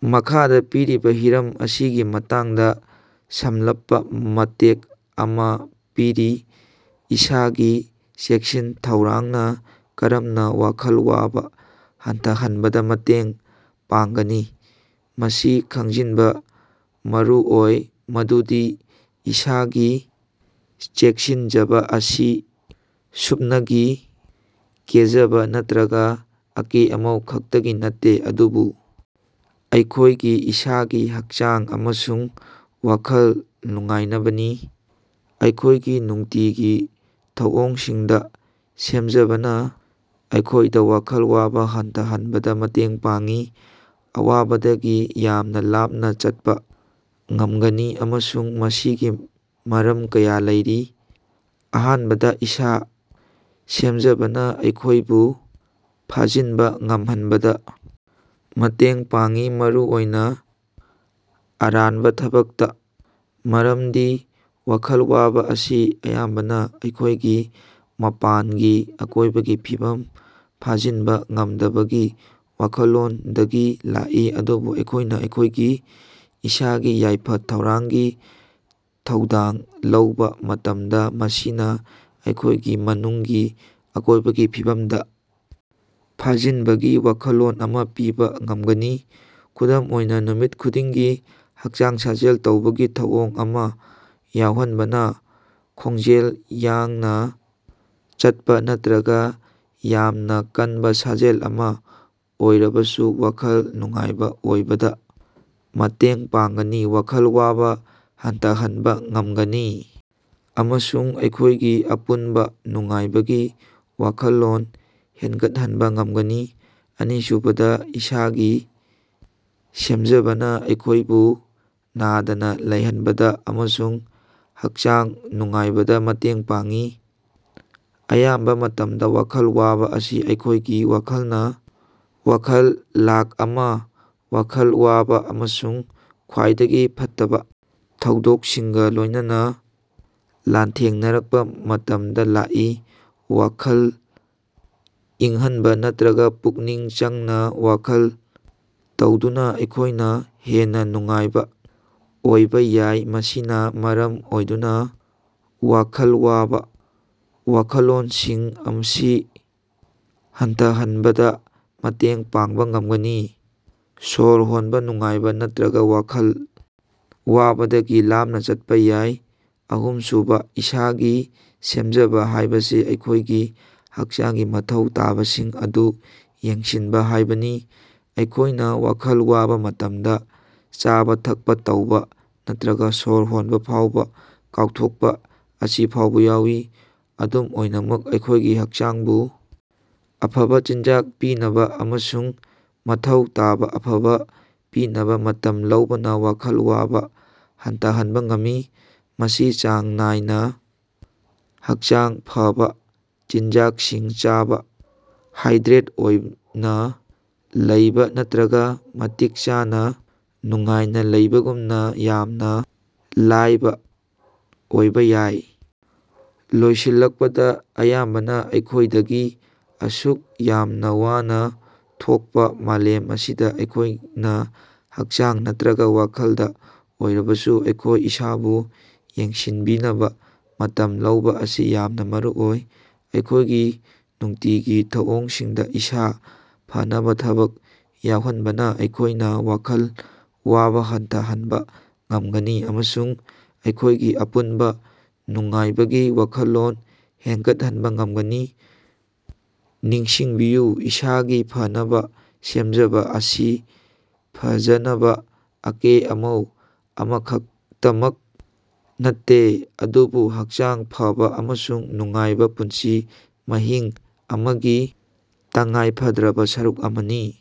ꯃꯈꯥꯗꯥ ꯄꯤꯔꯤꯕꯥ ꯍꯤꯔꯝ ꯑꯁꯤꯒꯤ ꯃꯇꯥꯡꯗꯥ ꯁꯝꯂꯞꯄ ꯃꯇꯦꯛ ꯑꯃꯥ ꯄꯤꯔꯤ ꯏꯁꯥꯒꯤ ꯆꯦꯛꯁꯤꯟ ꯊꯧꯔꯥꯡꯅꯥ ꯀꯔꯝꯅ ꯋꯥꯈꯜ ꯋꯥꯕ ꯍꯟꯊꯍꯟꯕꯗ ꯃꯇꯦꯡ ꯄꯥꯡꯒꯅꯤ꯫ ꯃꯁꯤ ꯈꯪꯖꯤꯟꯕ ꯃꯔꯨꯑꯣꯏ ꯃꯗꯨꯗꯤ ꯏꯁꯥꯒꯤ ꯆꯦꯛꯁꯤꯟꯖꯕ ꯑꯁꯤ ꯁꯨꯞꯅꯒꯤ ꯀꯦꯖꯥꯕ ꯅꯠꯇ꯭ꯔꯒ ꯑꯀꯦ ꯑꯃꯧ ꯈꯛꯇꯒꯤ ꯅꯠꯇꯦ ꯑꯗꯨꯕꯨ ꯑꯩꯈꯣꯢꯒꯤ ꯏꯁꯥꯒꯤ ꯍꯛꯆꯥꯡ ꯑꯃꯁꯨꯡ ꯋꯥꯈꯜ ꯅꯨꯡꯉꯥꯢꯅꯕꯅꯤ ꯫ ꯑꯩꯈꯣꯢꯒꯤ ꯅꯨꯡꯇꯤꯒꯤ ꯊꯧꯑꯣꯡꯁꯤꯡꯗ ꯁꯦꯝꯖꯕꯅ ꯑꯩꯈꯣꯏꯗ ꯋꯥꯈꯜ ꯋꯥꯕ ꯍꯟꯊꯍꯟꯕꯗ ꯃꯇꯦꯡ ꯄꯥꯡꯢ ꯑꯋꯥꯕꯗꯒꯤ ꯌꯥꯝꯅ ꯂꯥꯞꯅ ꯆꯠꯄꯥ ꯉꯝꯒꯅꯤ ꯑꯃꯁꯨꯡ ꯃꯁꯤꯒꯤ ꯃꯔꯝ ꯀꯌꯥ ꯂꯩꯔꯤ꯫ ꯑꯍꯥꯟꯕꯗ ꯏꯁꯥ ꯁꯦꯝꯖꯕꯅ ꯑꯩꯈꯣꯢꯕꯨ ꯐꯥꯖꯤꯟꯕ ꯉꯝꯍꯟꯕꯗ ꯃꯇꯦꯡ ꯄꯥꯡꯏ ꯃꯔꯨꯑꯣꯏꯅꯥ ꯑꯔꯥꯟꯕ ꯊꯕꯛꯇ ꯫ ꯃꯔꯝꯗꯤ ꯋꯥꯈꯜ ꯋꯥꯕꯥ ꯑꯁꯤ ꯑꯌꯥꯝꯕꯅ ꯑꯩꯈꯣꯢꯒꯤ ꯃꯄꯥꯟꯒꯤ ꯑꯀꯣꯢꯕꯒꯤ ꯐꯤꯕꯝ ꯐꯥꯖꯤꯟꯕ ꯉꯝꯗꯕꯒꯤ ꯋꯥꯈꯜꯂꯣꯟꯗꯒꯤ ꯂꯥꯛꯏ ꯑꯗꯨꯕꯨ ꯑꯩꯈꯣꯢꯅ ꯑꯩꯈꯣꯢꯒꯤ ꯏꯁꯥꯒꯤ ꯌꯥꯏꯐ ꯊꯧꯔꯥꯡꯒꯤ ꯊꯧꯗꯥꯡ ꯂꯧꯕꯥ ꯃꯇꯝꯗ ꯃꯁꯤꯅ ꯑꯩꯈꯣꯢꯒꯤ ꯃꯅꯨꯡꯒꯤ ꯑꯀꯣꯢꯕꯒꯤ ꯐꯤꯕꯝꯗ ꯐꯥꯖꯤꯟꯕꯒꯤ ꯋꯥꯈꯜꯂꯣꯟ ꯑꯃ ꯄꯤꯕ ꯉꯝꯒꯅꯤ꯫ ꯈꯨꯗꯝ ꯑꯣꯏꯅ ꯅꯨꯃꯤꯠ ꯈꯨꯗꯤꯡꯒꯤ ꯍꯛꯆꯥꯡ ꯁꯥꯖꯦꯜ ꯇꯧꯕꯒꯤ ꯊꯧꯑꯣꯡ ꯑꯃ ꯌꯥꯎꯍꯟꯕꯅ ꯈꯣꯡꯖꯦꯜ ꯌꯥꯡꯅ ꯆꯠꯄꯥ ꯅꯠꯇ꯭ꯔꯒ ꯌꯥꯝꯅ ꯀꯟꯕ ꯁꯥꯖꯦꯜ ꯑꯃ ꯑꯣꯏꯔꯕꯁꯨ ꯋꯥꯈꯜ ꯅꯨꯡꯉꯥꯏꯕ ꯑꯣꯏꯕꯗ ꯃꯇꯦꯡ ꯄꯥꯡꯒꯅꯤ꯫ ꯋꯥꯈꯜ ꯋꯥꯕ ꯍꯟꯊꯍꯟꯕ ꯉꯃꯒꯅꯤ ꯑꯃꯁꯨꯡ ꯑꯩꯈꯣꯢꯒꯤ ꯑꯄꯨꯟꯕ ꯅꯨꯡꯉꯥꯏꯕꯒꯤ ꯋꯥꯈꯜꯂꯣꯟ ꯍꯦꯅꯒꯠꯍꯟꯕ ꯉꯝꯒꯅꯤ꯫ ꯑꯅꯤꯁꯨꯕꯗ ꯏꯁꯥꯒꯤ ꯁꯦꯝꯖꯕꯅ ꯑꯩꯈꯣꯢꯕꯨ ꯅꯗꯅ ꯂꯩꯍꯟꯕꯗ ꯑꯃꯁꯨꯡ ꯍꯛꯆꯥꯡ ꯅꯨꯡꯉꯥꯢꯕꯗ ꯃꯇꯦꯡ ꯄꯥꯡꯏ꯫ ꯑꯌꯥꯝꯕ ꯃꯇꯝꯗ ꯋꯥꯈꯜ ꯋꯥꯕ ꯑꯁꯤ ꯑꯩꯈꯣꯢꯒꯤ ꯋꯥꯈꯜꯅ ꯋꯥꯈꯜ ꯂꯥꯈ ꯑꯃ ꯋꯥꯈꯜ ꯋꯥꯕꯥ ꯑꯃꯁꯨꯡ ꯈ꯭ꯋꯥꯏꯗꯒꯤ ꯐꯠꯇꯕꯥ ꯊꯧꯗꯣꯛꯁꯤꯡꯒ ꯂꯣꯢꯅꯅꯥ ꯂꯥꯟꯊꯦꯡꯅꯔꯛꯄ ꯃꯇꯝꯗꯥ ꯂꯥꯛꯏ꯫ ꯋꯥꯈꯜ ꯏꯪꯍꯟꯕ ꯅꯠꯇ꯭ꯔꯒ ꯄꯨꯛꯅꯤꯡ ꯆꯪꯅ ꯋꯥꯈꯜ ꯇꯧꯗꯨꯅꯥ ꯑꯩꯈꯣꯢꯅ ꯍꯦꯟꯅ ꯅꯨꯡꯉꯥꯏꯕ ꯑꯣꯏꯕꯥ ꯌꯥꯏ ꯃꯁꯤꯅꯥ ꯃꯔꯝ ꯑꯣꯏꯗꯨꯅ ꯋꯥꯈꯜ ꯋꯥꯕ ꯋꯥꯈꯜꯂꯣꯟꯁꯤꯡ ꯑꯁꯤ ꯍꯟꯊꯍꯟꯕꯗ ꯃꯇꯦꯡ ꯄꯥꯡꯕ ꯉꯝꯒꯅꯤ꯫ ꯁꯣꯔ ꯍꯣꯟꯕ ꯅꯨꯡꯉꯥꯏꯕ ꯅꯠꯇ꯭ꯔꯒ ꯋꯥꯈꯜ ꯋꯥꯕꯗꯒꯤ ꯂꯥꯞꯅ ꯆꯠꯄ ꯌꯥꯏ꯫ ꯑꯍꯨꯝꯁꯨꯕ ꯏꯁꯥꯒꯤ ꯁꯦꯝꯖꯕ ꯍꯥꯢꯕꯁꯤ ꯑꯩꯈꯣꯢꯒꯤ ꯍꯛꯆꯥꯡꯒꯤ ꯃꯊꯧ ꯇꯥꯕꯁꯤꯡ ꯑꯗꯨ ꯌꯦꯡꯁꯤꯟꯕ ꯍꯥꯢꯕꯅꯤ꯫ ꯑꯩꯈꯣꯢꯅ ꯋꯥꯈꯜ ꯋꯥꯕ ꯃꯇꯝꯗ ꯆꯥꯕ ꯊꯛꯄ ꯇꯧꯕ ꯅꯠꯇ꯭ꯔꯒꯥ ꯁꯣꯔ ꯍꯣꯟꯕ ꯐꯥꯎꯕ ꯀꯥꯎꯊꯣꯛꯄ ꯑꯁꯤꯐꯥꯎꯕ ꯌꯥꯎꯏ꯫ ꯑꯗꯨꯝ ꯑꯣꯏꯅꯃꯛ ꯑꯩꯈꯣꯢꯒꯤ ꯍꯛꯆꯥꯡꯕꯨ ꯑꯐꯕ ꯆꯤꯟꯖꯥꯛ ꯄꯤꯅꯕꯥ ꯑꯃꯁꯨꯡ ꯃꯊꯧ ꯇꯥꯕꯥ ꯑꯐꯕ ꯄꯤꯅꯕ ꯃꯇꯝ ꯂꯧꯕꯅ ꯋꯥꯈꯜ ꯋꯥꯕ ꯍꯟꯊꯍꯟꯕ ꯉꯝꯃꯤ꯫ ꯃꯁꯤ ꯆꯥꯡ ꯅꯥꯏꯅ ꯍꯛꯆꯥꯡ ꯐꯕꯥ ꯆꯤꯟꯖꯥꯛꯁꯤꯡ ꯆꯥꯕ ꯍꯥꯏꯗ꯭ꯔꯦꯠ ꯑꯣꯏꯅ ꯂꯩꯕ ꯅꯠꯇ꯭ꯔꯒ ꯃꯇꯤꯛ ꯆꯥꯅ ꯅꯨꯡꯉꯥꯏꯅ ꯂꯩꯕꯒꯨꯝꯅ ꯌꯥꯝꯅꯥ ꯂꯥꯏꯕ ꯑꯣꯏꯕ ꯌꯥꯏ꯫ ꯂꯣꯏꯁꯤꯜꯂꯛꯄꯗ ꯑꯌꯥꯝꯕꯅ ꯑꯩꯈꯣꯢꯗꯒꯤ ꯑꯁꯨꯛ ꯌꯥꯝꯅ ꯋꯥꯅ ꯊꯣꯛꯄ ꯃꯥꯂꯦꯝ ꯑꯁꯤꯗꯥ ꯑꯩꯈꯣꯢꯅ ꯍꯛꯆꯥꯡ ꯅꯠꯇ꯭ꯔꯒꯥ ꯋꯥꯈꯜꯗ ꯑꯣꯏꯔꯕꯁꯨ ꯑꯩꯈꯣꯢ ꯏꯁꯥꯕꯨ ꯌꯦꯡꯁꯤꯟꯕꯤꯅꯕ ꯃꯇꯝ ꯂꯧꯕꯥ ꯑꯁꯤ ꯌꯥꯝꯅ ꯃꯔꯨꯑꯣꯏ꯫ ꯑꯩꯈꯣꯢꯒꯤ ꯅꯨꯡꯇꯤꯒꯤ ꯊꯧꯑꯣꯡꯁꯤꯡꯗ ꯏꯁꯥ ꯐꯅꯕ ꯊꯕꯛ ꯌꯥꯎꯍꯟꯕꯅ ꯑꯩꯈꯣꯢꯅ ꯋꯥꯈꯜ ꯋꯥꯕ ꯍꯟꯊꯍꯟꯕ ꯉꯝꯒꯅꯤ ꯑꯃꯁꯨꯡ ꯑꯩꯈꯣꯢꯒꯤ ꯑꯄꯨꯟꯕ ꯅꯨꯡꯉꯥꯏꯕꯒꯤ ꯋꯥꯈꯜꯂꯣꯟ ꯍꯦꯟꯒꯠꯍꯟꯕ ꯉꯝꯒꯅꯤ꯫ ꯅꯤꯡꯁꯤꯡꯕꯤꯌꯨ ꯏꯁꯥꯒꯤ ꯐꯅꯕ ꯁꯦꯝꯖꯕ ꯑꯁꯤ ꯐꯖꯅꯕ ꯑꯀꯦ ꯑꯃꯧ ꯑꯃꯈꯛꯇꯃꯛ ꯅꯠꯇꯦ ꯑꯗꯨꯕꯨ ꯍꯛꯆꯥꯡ ꯐꯥꯕ ꯑꯃꯁꯨꯡ ꯅꯨꯡꯉꯥꯏꯕ ꯄꯨꯟꯁꯤ ꯃꯍꯤꯡ ꯑꯃꯒꯤ ꯇꯉꯥꯏꯐꯗ꯭ꯔꯕ ꯁꯔꯨꯛ ꯑꯃꯅꯤ꯫।